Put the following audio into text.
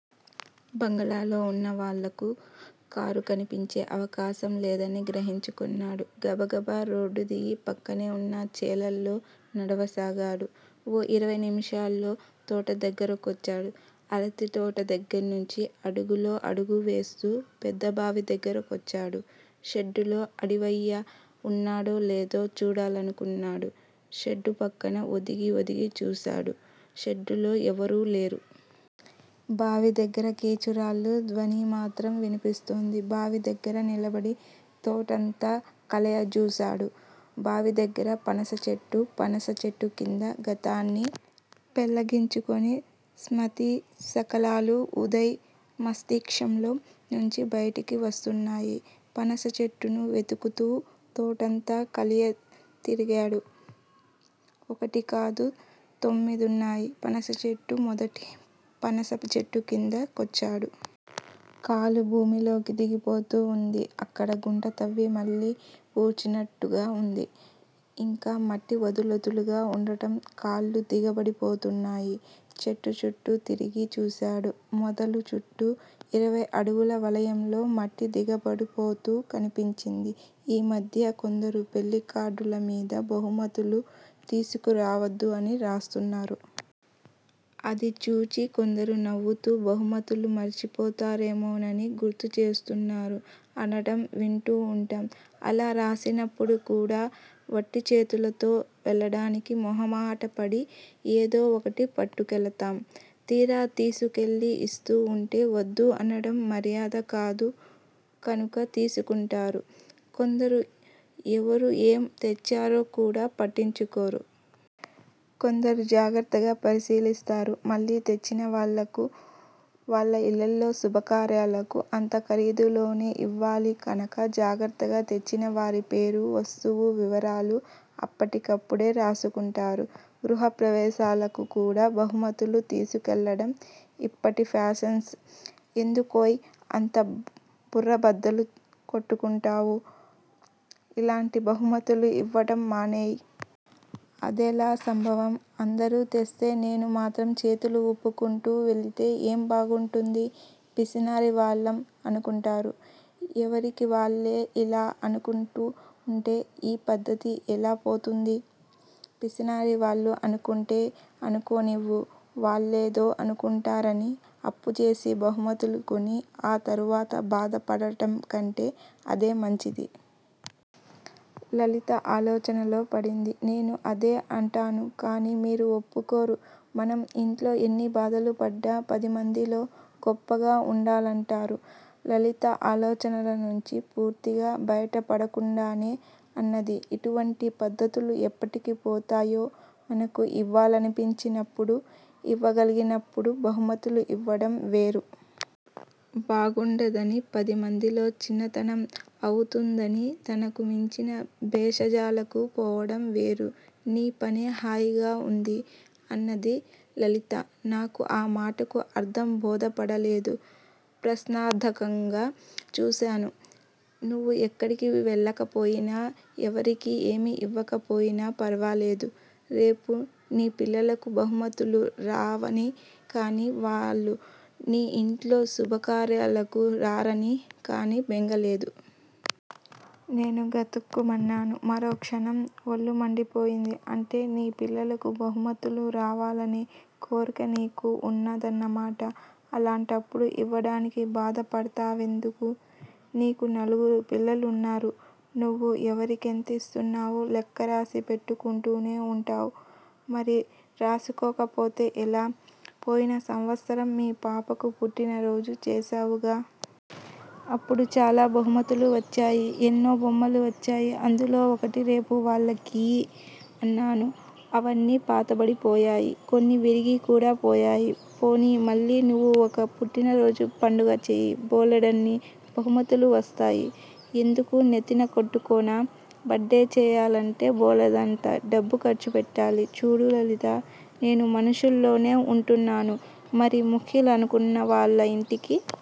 బంగళాలో వున్న వాళ్ళకు కారు కన్పించే అవకాశం లేదని గ్రహించుకొన్నాడు. గబగబా రోడ్డుదిగి పక్కనే వున్న చేలల్లో నడవసాగాడు. ఓ ఇరవై నిముషాల్లో తోటదగ్గర కొచ్చాడు. అరటితోట దగ్గిర్నుంచి అడుగులో అడుగువేస్తూ పెద్ద బావిదగ్గిర కొచ్చాడు. షెడ్డులో అడివయ్య ఉన్నాడో లేదో చూడాలనుకున్నాడు షెడ్డు పక్కన ఒదిగి ఒదిగి చూశాడు షెడ్డులో ఎవరూలేరు. బావి దగ్గిర కీచురాళ్ళ ధ్వనిమాత్రం విన్పిస్తోంది. బావి దగ్గర నిలబడి తోటంతా కలయజూశాడు. బావి దగ్గర పనసచెట్టు! పనసచెట్టుకింద గతాన్ని పెళ్ళగించుకొని శ్మృతి శకలాలు ఉదయ్ మస్తిష్కంలో నుంచి బయటికి వస్తున్నాయ్. పనస చెట్టును వెతుకుతూ, తోటంతా కలియతిరిగాడు. ఒకటి కాదు తొమ్మిదున్నాయి పనసచెట్టు. మొదటి పనసచెట్టుకింద కొచ్చాడు. కాలు భూమిలోకి దిగిపోతూవుంది. అక్కడ గుంట తవ్వి మళ్ళీ పూడ్చినట్టుగా వుంది. ఇంకా మట్టి వదులొదులుగా వుండటం కాళ్ళు దిగబడిపోతున్నాయి. చెట్టుచుట్టూ తిరిగి చూశాడు. మొదలు చుట్టూ ఇరవైఅడుగుల వలయంలో మట్టి దిగబడిపోతూ కనిపించింది. ఈ మధ్య కొందరు పెళ్ళికార్డులమీద బహుమతులు తీసుకురావద్దు అని రాస్తున్నారు. అది చూచి కొందరు నవ్వుతూ బహుమతులు మరిచిపోతారేమోనని గుర్తు చేస్తున్నారు అనడం వింటూ వుంటాం. అలా రాసినప్పుడు కూడా వట్టి చేతులతో వెళ్ళడానికి మొహమాటపడి ఏదో ఒకటి పట్టుకెళతాం. తీరా తీసుకెళ్ళి ఇస్తూ ఉంటే వద్దు అనడం మర్యాద కాదు. కనక తీసుకుంటారు. కొందరు ఎవరు ఏం తెచ్చారో కూడా పట్టించుకోరు. కొందరు జాగ్రత్తగా పరిశీలిస్తారు. మళ్ళీ తెచ్చిన వాళ్ళకు వాళ్ళ ఇళ్ళలో శుభకార్యాలకు అంతఖరీదులోనే ఇవ్వాలి కనక జాగ్రత్తగా తెచ్చిన వారి పేరూ, వస్తువు వివరాలూ అప్పటికప్పుడే రాసుకుంటారు. గృహ ప్రవేశాలకు కూడా బహుమతులు తీసుకెళ్ళడం ఇప్పటి ఫాషన్స్! ఎందుకోయ్ అంత బుర్ర బద్దలు కొట్టుకుంటావు? ఇలాంటి బహుమతులు ఇవ్వడం మానెయ్. అదెలా సంభవం? అందరూ తెస్తే నేను మాత్రం చేతులు ఊపుకుంటూ వెళితే ఏం బాగుంటుంది. పిసినారి వాళ్లం అనుకుంటారు. ఎవరికి వాళ్ళే యిలా అనుకుంటూ ఉంటే ఈ పధ్ధతి ఎలా పోతుంది? పిసినారి వాళ్లు అనుకుంటే అనుకోనివ్వు వాళ్ళేదో అనుకుంటారని అప్పుచేసి బహుమతులు కొని ఆ తరువాత బాధపడటం కంటే అదే మంచిది. లలిత ఆలోచనలో పడింది. నేనూ అదే అంటాను. కాని మీరు ఒప్పుకోరు మనం ఇంట్లో ఎన్ని బాధలు పడ్డా పదిమందిలో గొప్పగా ఉండాలంటారు. లలిత ఆలోచనల నుంచి పూర్తిగా బయటపడకుండానే అన్నది. ఇటువంటి పద్ధతులు ఎప్పటికి పోతాయో మనకు ఇవ్వాలనిపించినప్పుడు ఇవ్వగలిగినప్పుడు బహుమతులు ఇవ్వడం వేరు. బాగుండదనీ, పది మందిలో చిన్నతనం అవుతుందనీ తనకు మించిన భేషజాలకు పోవడం వేరు. నీ పనే హాయిగా ఉంది అన్నది లలిత. నాకు ఆ మాటకు అర్థం బోధపడలేదు ప్రశ్నార్థకంగా చూశాను. నువ్వు ఎక్కడికి వెళ్ళకపోయినా, ఎవరికీ ఏమి ఇవ్వకపోయినా ఫరవాలేదు. రేపు నీ పిల్లలకు బహుమతులు రావని కానీ, వాళ్ళు నీ ఇంట్లో శుభకార్యాలకు రారని కానీ బెంగ లేదు. నేను గతుక్కుమన్నాను. మరో క్షణం ఒళ్ళుమండిపోయింది. అంటే నీ పిల్లలకు బహుమతులు రావాలనే కోర్కె నీకూ ఉన్నదన్నమాట. అలాంటప్పుడు ఇవ్వడానికి బాధపడతావెందుకూ? నీకు నలుగురు పిల్లలు ఉన్నారు. నువ్వు ఎవరికెంత ఇస్తున్నావో లెక్క రాసి పెట్టుకుంటూనే ఉంటావ్. మరి రాసుకోకపోతే ఎలా? పోయిన సంవత్సరం మీ పాపకు పుట్టినరోజు చేశావుగా? అప్పుడు చాలా బహుమతులు వచ్చాయి. ఎన్నో బొమ్మలు వచ్చాయి అందులో ఒకటి రేపు వాళ్ళకియ్యి అన్నాను. అవన్నీ పాతబడిపోయాయి. కొన్ని విరిగి కూడా పోయాయి. పోనీయ్ మళ్ళీ నువ్వూ ఒక పుట్టినరోజు పండగ చెయ్. బోలెడన్ని బహుమతులు వస్తాయి. ఎందుకూ నెత్తినకొట్టుకోనా? బర్త్ డే చెయ్యాలంటే బోలెడంత డబ్బు ఖర్చు పెట్టాలి. చూడు లలిత! నేను మనుషుల్లోనే ఉంటున్నాను. మరీ ముఖ్యులనుకున్న వాళ్ళ ఇంటికి